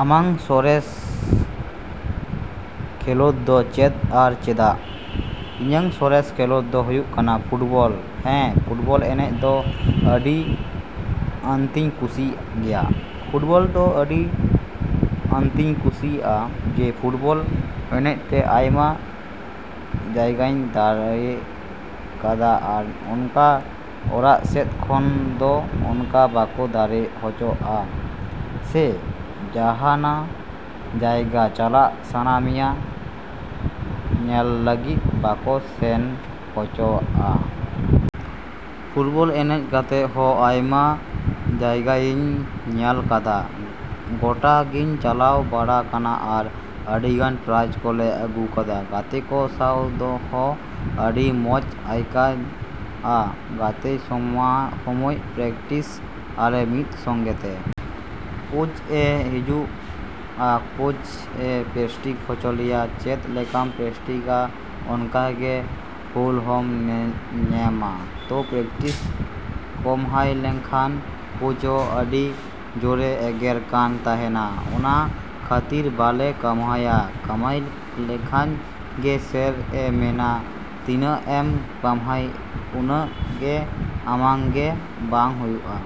ᱟᱢᱟᱜ ᱥᱚᱨᱮᱥ ᱠᱷᱮᱞᱳᱰ ᱫᱚ ᱪᱮᱫ ᱟᱨ ᱪᱮᱫᱟᱜ? ᱤᱧᱟᱹᱜ ᱥᱚᱨᱮᱥ ᱠᱷᱮᱞᱳᱰ ᱫᱚ ᱦᱩᱭᱩᱜ ᱠᱟᱱᱟ ᱯᱷᱩᱴᱵᱚᱞ ᱦᱮᱸ ᱯᱷᱩᱴᱵᱚᱞ ᱮᱱᱮᱡ ᱫᱚ ᱟᱹᱰᱤ ᱟᱸᱴᱤᱧ ᱠᱩᱥᱤᱭᱟᱜ ᱜᱮᱭᱟ᱾ ᱯᱷᱩᱴᱵᱚᱞ ᱫᱚ ᱟᱹᱰᱤ ᱟᱸᱴᱤᱧ ᱠᱩᱥᱤᱭᱟᱜᱼᱟ ᱡᱮ ᱯᱷᱩᱴᱵᱚᱞ ᱮᱱᱮᱡ ᱛᱮ ᱟᱭᱢᱟ ᱡᱟᱭᱜᱟᱧ ᱫᱟᱬᱟ ᱠᱟᱫᱟ ᱟᱨ ᱚᱱᱠᱟ ᱚᱲᱟᱜ ᱥᱮᱫ ᱠᱷᱚᱱ ᱫᱚ ᱚᱱᱠᱟ ᱵᱟᱠᱚ ᱫᱟᱬᱟ ᱦᱚᱪᱚ ᱟᱜᱼᱟ ᱥᱮ ᱡᱟᱸᱦᱟᱱᱟᱜ ᱡᱟᱭᱜᱟ ᱪᱟᱞᱟᱜ ᱥᱟᱱᱟ ᱢᱮᱭᱟ ᱧᱮᱧᱮᱞ ᱞᱟᱹᱜᱤᱫ ᱵᱟᱠᱚ ᱥᱮᱱ ᱦᱚᱪᱚ ᱟᱜᱼᱟ᱾ ᱯᱷᱩᱴᱵᱚᱞ ᱮᱱᱮᱡ ᱠᱟᱛᱮᱜ ᱦᱚᱸ ᱟᱭᱢᱟ ᱡᱟᱭᱜᱟᱜᱤᱧ ᱧᱮᱞ ᱠᱟᱫᱟ ᱜᱳᱴᱟ ᱜᱤᱧ ᱪᱟᱞᱟᱣ ᱵᱟᱲᱟ ᱠᱟᱱᱟ ᱟᱨ ᱟᱹᱰᱤᱜᱟᱱ ᱯᱨᱟᱭᱤᱡ ᱠᱚᱞᱮ ᱟᱹᱜᱩ ᱠᱟᱫᱟ᱾ ᱜᱟᱛᱮ ᱠᱚ ᱥᱟᱶ ᱦᱚᱸ ᱟᱹᱰᱤ ᱢᱚᱸᱡ ᱟᱹᱭᱠᱟᱹᱜᱼᱟ ᱜᱟᱛᱮᱜ ᱥᱚᱢᱚᱭ᱾ ᱯᱨᱮᱠᱴᱤᱥ ᱟᱞᱮ ᱢᱤᱫ ᱥᱚᱝᱜᱮ ᱛᱮ᱾ ᱠᱳᱪ ᱮ ᱦᱤᱡᱩᱜᱼᱟ ᱠᱳᱪ ᱮ ᱯᱨᱮᱠᱴᱤᱥ ᱦᱚᱪᱚ ᱞᱮᱭᱟ᱾ ᱪᱮᱫ ᱞᱮᱠᱟᱢ ᱯᱨᱮᱠᱴᱤᱥᱟᱼᱟ ᱚᱱᱠᱟ ᱜᱮ ᱯᱷᱚᱞ ᱦᱚᱢ ᱧᱟᱢᱼᱟ᱾ ᱛᱳ ᱯᱨᱮᱠᱴᱤᱥ ᱠᱟᱹᱢᱦᱟᱹᱭ ᱞᱮᱠᱷᱟᱱ ᱠᱳᱪ ᱦᱚᱸ ᱟᱹᱰᱤ ᱡᱳᱨᱮ ᱮᱜᱮᱨ ᱠᱟᱱ ᱛᱟᱸᱦᱮᱱᱟ᱾ ᱚᱱᱟ ᱠᱷᱟᱹᱛᱤᱨ ᱵᱟᱞᱮ ᱠᱟᱹᱢᱦᱟᱹᱭᱼᱟ᱾ ᱠᱟᱹᱢᱦᱟᱹᱭ ᱞᱮᱠᱷᱟᱡ ᱜᱮ ᱥᱮᱨ ᱮ ᱢᱮᱱᱟ ᱛᱤᱱᱟᱹᱜ ᱮᱢ ᱠᱟᱢᱦᱟᱹᱭᱟ ᱩᱱᱟᱹᱜ ᱜᱮ ᱟᱢᱟᱜ ᱜᱮ ᱵᱟᱝ ᱦᱩᱭᱩᱜᱼᱟ᱾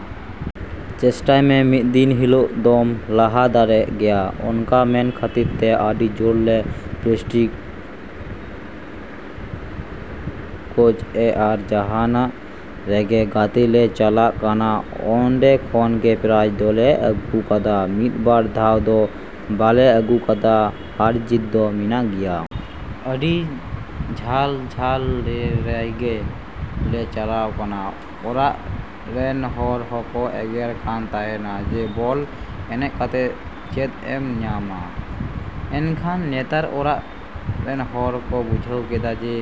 ᱪᱮᱥᱴᱟᱭ ᱢᱮ ᱢᱤᱫ ᱫᱤᱱ ᱦᱤᱞᱳᱜ ᱫᱚᱢ ᱞᱟᱦᱟ ᱫᱟᱲᱮᱭᱟᱜ ᱜᱮᱭᱟ᱾ ᱚᱱᱠᱟ ᱢᱮᱱ ᱠᱷᱟᱹᱛᱤᱨ ᱛᱮ ᱟᱹᱰᱤ ᱡᱳᱨ ᱞᱮ ᱯᱨᱮᱠᱴᱤᱥᱚᱜᱼᱟ ᱟᱨ ᱡᱟᱸᱦᱟ ᱨᱮᱜᱮ ᱜᱟᱛᱮ ᱞᱮ ᱪᱟᱞᱟᱜ ᱠᱟᱱᱟ ᱚᱱᱰᱮ ᱠᱷᱚᱱ ᱜᱮ ᱯᱨᱟᱭᱤᱡ ᱫᱚᱞᱮ ᱟᱹᱜᱩ ᱠᱟᱫᱟ᱾ ᱢᱤᱫ ᱵᱟᱨ ᱫᱷᱟᱣ ᱫᱚ ᱵᱟᱞᱮ ᱟᱹᱜᱩ ᱠᱟᱫᱟ ᱦᱟᱨ ᱡᱤᱛ ᱫᱚ ᱢᱮᱱᱟᱜ ᱜᱮᱭᱟ᱾ ᱟᱹᱰᱤ ᱡᱷᱟᱹᱞ ᱡᱷᱟᱹᱞ ᱡᱟᱭᱜᱟ ᱞᱮ ᱪᱟᱞᱟᱣ ᱠᱟᱱᱟ᱾ ᱚᱲᱟᱜ ᱨᱮᱱ ᱦᱚᱲ ᱦᱚᱸᱠᱚ ᱮᱜᱮᱨ ᱠᱟᱱ ᱛᱟᱸᱦᱮᱱᱟ ᱡᱮ ᱵᱚᱞ ᱮᱱᱮᱡ ᱠᱟᱛᱮᱜ ᱪᱮᱫ ᱮᱢ ᱧᱟᱢᱟ? ᱮᱱᱠᱷᱟᱱ ᱱᱮᱛᱟᱨ ᱚᱲᱟᱜ ᱨᱮᱱ ᱦᱚᱲ ᱠᱚ ᱵᱩᱡᱷᱟᱹᱣ ᱠᱮᱫᱟ ᱡᱮ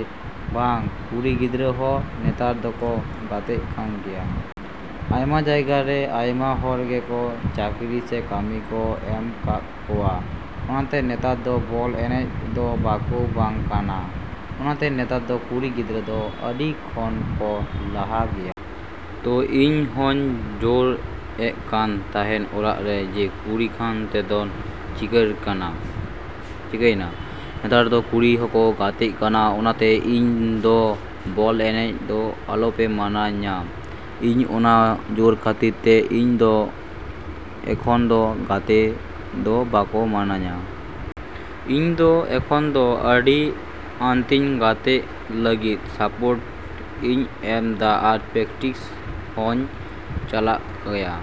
ᱵᱟᱝ ᱠᱩᱲᱤ ᱜᱤᱫᱽᱨᱟᱹ ᱦᱚᱸ ᱱᱮᱛᱟᱨ ᱫᱚᱠᱚ ᱜᱟᱛᱮᱜ ᱠᱟᱱ ᱜᱮᱭᱟ᱾ ᱟᱭᱢᱟ ᱡᱟᱭᱜᱟ ᱨᱮ ᱟᱭᱢᱟ ᱦᱚᱲ ᱜᱮ ᱪᱟᱹᱠᱨᱤ ᱥᱮ ᱠᱟᱹᱢᱤ ᱠᱚ ᱮᱢ ᱠᱟᱜ ᱠᱚᱣᱟ᱾ ᱚᱱᱟᱛᱮ ᱱᱮᱛᱟᱨ ᱫᱚ ᱵᱚᱞ ᱮᱱᱮᱡ ᱫᱚ ᱵᱟᱠᱚ ᱵᱟᱝ ᱠᱟᱱᱟ᱾ ᱚᱱᱟᱛᱮ ᱱᱮᱛᱟᱨ ᱫᱚ ᱠᱩᱲᱤ ᱜᱤᱫᱽᱨᱟᱹ ᱫᱚ ᱟᱹᱰᱤ ᱠᱷᱚᱱ ᱠᱚ ᱞᱟᱦᱟ ᱜᱮᱭᱟ᱾ ᱛᱳ ᱤᱧ ᱦᱚᱧ ᱡᱳᱨ ᱮᱜ ᱠᱟᱱ ᱛᱟᱸᱦᱮᱱ ᱚᱲᱟᱜ ᱨᱮ ᱡᱮ ᱠᱩᱲᱤ ᱠᱟᱱ ᱛᱮᱫᱳᱧ ᱪᱤᱠᱟᱭᱮᱱᱟ? ᱱᱮᱛᱟᱨ ᱫᱚ ᱠᱩᱲᱤ ᱦᱚᱸᱠᱚ ᱜᱟᱛᱮᱜ ᱠᱟᱱᱟ᱾ ᱚᱱᱟᱛᱮ ᱤᱧ ᱫᱚ ᱵᱚᱞ ᱮᱱᱮᱡ ᱫᱚ ᱟᱞᱚᱯᱮ ᱢᱟᱱᱟᱧᱟ᱾ ᱤᱧ ᱚᱱᱟ ᱡᱳᱨ ᱠᱷᱟᱹᱛᱤᱨ ᱛᱮ ᱤᱧ ᱫᱚ ᱮᱠᱷᱚᱱ ᱫᱚ ᱜᱟᱛᱮᱜ ᱫᱚ ᱵᱟᱠᱚ ᱢᱟᱱᱟᱧᱟ᱾ ᱤᱧ ᱫᱚ ᱮᱠᱷᱚᱱ ᱫᱚ ᱟᱹᱰᱤ ᱟᱸᱴᱤᱧ ᱜᱟᱛᱮᱜ ᱞᱟᱹᱜᱤᱫ ᱥᱟᱯᱳᱨᱴ ᱤᱧ ᱮᱢ ᱫᱟ ᱟᱨ ᱯᱨᱮᱠᱴᱤᱥ ᱦᱚᱧ ᱪᱟᱞᱟᱜ ᱜᱮᱭᱟ।